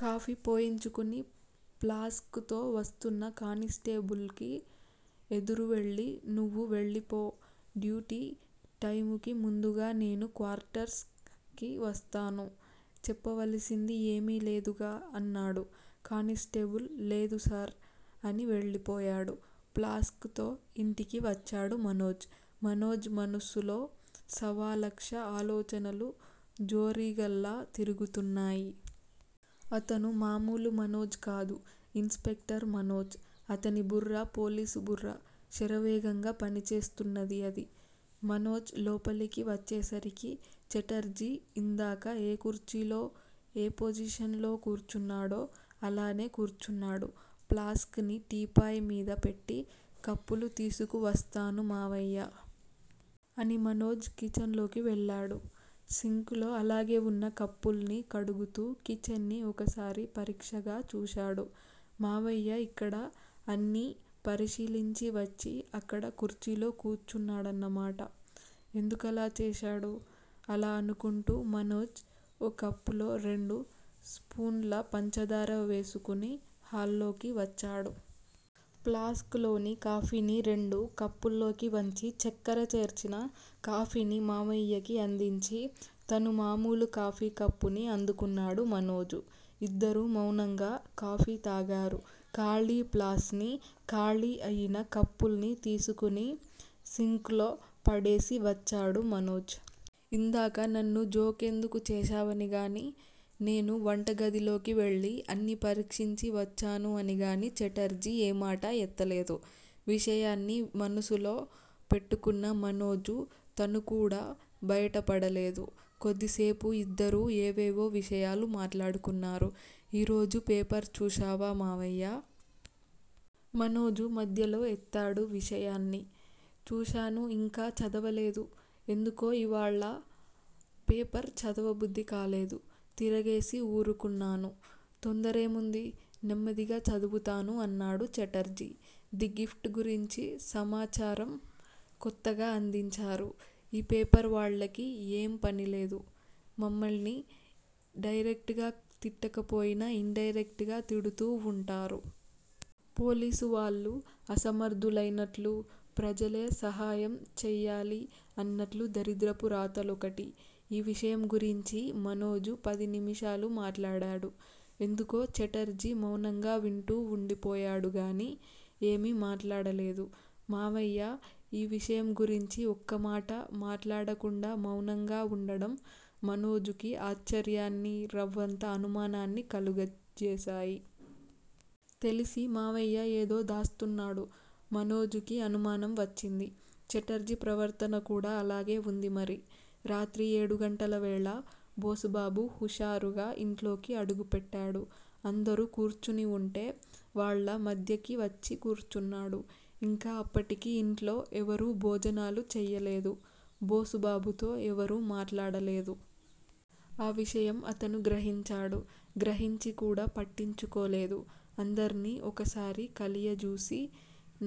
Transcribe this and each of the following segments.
Coffee పోయించుకుని flask తో వస్తున్న కానిస్టేబుల్ కి ఎదురు వెళ్ళి నువ్వు వెళ్ళిపో! డ్యూటీ టైముకి ముందుగా నేను క్వార్టర్స్ కి వస్తాను చెప్పవలసింది ఏమీ లేదుగా అన్నాడు. కానిస్టేబుల్ లేదు సార్! అని వెళ్ళిపోయాడు. ప్లాస్క్ తో ఇంట్లోకి వచ్చాడు మనోజ్. మనోజ్ మనస్సులో సవాలక్ష ఆలోచనలు జోరీగల్లా తిరుగుతున్నాయి. అతను మామూలు మనోజ్ కాదు. Inspector Manoj. అతని బుర్ర పోలీసుబుర్ర. శరవేగంగా పనిచేస్తున్నది అది. మనోజ్ లోపలికి వచ్చేసరికి, ఛటర్జీ ఇందాక ఏ కుర్చీలో, ఏ పొజిషన్ లో కూర్చున్నాడో అలానే కూర్చున్నాడు. ప్లాస్క్ ని టీపాయ్ మీద పెట్టి కప్పులు తీసుకు వస్తాను మావయ్యా! అని మనోజ్ కిచెన్ లోకి వెళ్ళాడు. సింక్ లో అలాగే వున్న కప్పుల్ని కడుగుతూ కిచెన్ ని ఒకసారి పరీక్షగా చూశాడు. మావయ్య ఇక్కడ అన్నీ పరిశీలించి వచ్చి అక్కడ కుర్చీలో కూచున్నాడన్నమాట. ఎందుకలా చేశాడు? అలా అనుకుంటూ మనోజ్ ఓ కప్పులో రెండు స్పూన్ల పంచదార వేసుకుని హాల్లోకి వచ్చాడు. ప్లాస్క్ లోని కాఫీని రెండు కప్పుల్లోకి వంచి చక్కర చేర్చిన కాఫీని మావయ్యకి అందించి, తను మామూలు కాఫీ కప్పుని అందుకున్నాడు మనోజు. ఇద్దరూ మౌనంగా కాఫీ తాగారు. ఖాళీ ప్లాస్ ని, ఖాళీ అయిన కప్పుల్ని తీసుకుని సింక్ లో పడేసి వచ్చాడు మనోజ్. ఇందాక నన్ను జోక్ ఎందుకు చేశావని గాని, నేను వంటగదిలోకి వెళ్ళి అన్ని పరీక్షించి వచ్చాను అని గాని ఛటర్జీ ఏమాటా ఎత్తలేదు. విషయాన్ని మనసులో పెట్టుకున్న మనోజు తను కూడా బయటపడలేదు. కొద్దిసేపు ఇద్దరూ ఏవేవో విషయాలు మాట్లాడుకున్నారు. ఈ రోజు పేపర్ చూశావా మావయ్యా! మనోజు మధ్యలో ఎత్తాడు విషయాన్ని. చూశాను ఇంకా చదవలేదు. ఎందుకో ఇవ్వాళ్ళ పేపర్ చదవబుద్ధికాలేదు. తిరగేసి ఊరుకున్నాను తొందరేముంది? నెమ్మదిగా చదువుతాను అన్నాడు ఛటర్జీ. ది గిఫ్ట్ గురించి సమాచారం కొత్తగా అందించారు. ఈ పేపర్ వాళ్ళకి ఏం పనిలేదు. మమ్మల్ని డైరెక్ట్ గా తిట్టకపోయినా, ఇండైరెక్ట్ గా తిడుతూ వుంటారు. పోలీసు వాళ్లు అసమర్దులైనట్లూ. ప్రజలే సహాయం చెయ్యాలి అన్నట్లు దరిద్రపు రాతలు ఒకటి ఈ విషయం గురించీ మనోజు పది నిముషాలు మాట్లాడాడు. ఎందుకో ఛటర్జీ మౌనంగా వింటూ వుండిపోయాడు గానీ, ఏమీ మాట్లాడలేదు. మావయ్య ఈ విషయం గురించి ఒక్కమాటా మాట్లాడకుండా మౌనంగా వుండడం మనోజుకి ఆశ్చర్యాన్ని రవ్వంత అనుమానాన్ని కలుగజేసాయి. తెలిసీ మావయ్య ఏదో దాస్తున్నాడు. మనోజుకి అనుమానం వచ్చింది. ఛటర్జీ ప్రవర్తన కూడా అలాగే వుంది మరి. రాత్రి ఏడుగంటల వేళ. బోసుబాబు హుషారుగా ఇంట్లోకి అడుగుపెట్టాడు. అందరూ కూర్చునివుంటే వాళ్ళ మధ్యకి వచ్చి కూర్చున్నాడు. ఇంకా అప్పటికి ఇంట్లో ఎవరూ భోజనాలు చెయ్యలేదు. బోసుబాబుతో ఎవరూ మాట్లాడలేదు. ఆ విషయం అతను గ్రహించాడు. గ్రహించి కూడా పట్టించుకోలేదు. అందర్నీ ఒకసారి కలయజూసి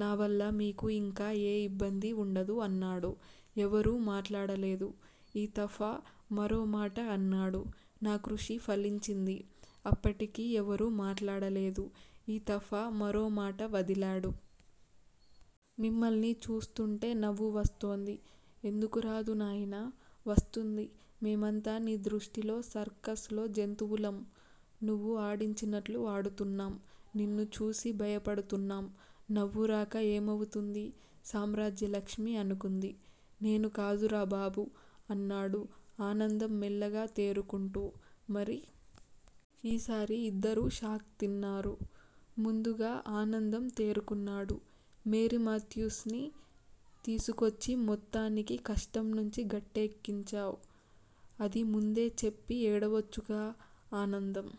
నా వల్ల మీకు ఇంకా ఏ ఇబ్బంది ఉండదు! అన్నాడు. ఎవరూ మాట్లాడలేదు. ఈ తఫా మరో మాట అన్నాడు. నా కృషి ఫలించింది! అప్పటికీ ఎవరూ మాట్లాడలేదు. ఈ తఫా మరో మాట వదిలాడు. మిమ్మల్ని చూస్తూంటే నవ్వు వస్తోంది. ఎందుకు రాదు నాయనా! వస్తుంది. మేమంతా నీ దృష్టిలో సర్కస్ లో జంతువులం, నువ్వు ఆడించినట్లు ఆడుతున్నాం. నిన్ను చూసి భయపడుతున్నాం. నవ్వు రాక ఏమవుతుంది సామ్రాజ్యలక్ష్మి అనుకుంది. నేను కాదురా బాబూ అన్నాడు ఆనందం మెల్లగా తేరుకుంటూ. మరి?! ఈసారి ఇద్దరూ షాక్ తిన్నారు. ముందుగా ఆనందం తేరుకున్నాడు. మేరీమాథ్యూస్ ని తీసుకొచ్చి మొత్తానికి కష్టం నుంచి గట్టెక్కించావ్. అది ముందే చెప్పి ఏడవొచ్చుగా? ఆనందం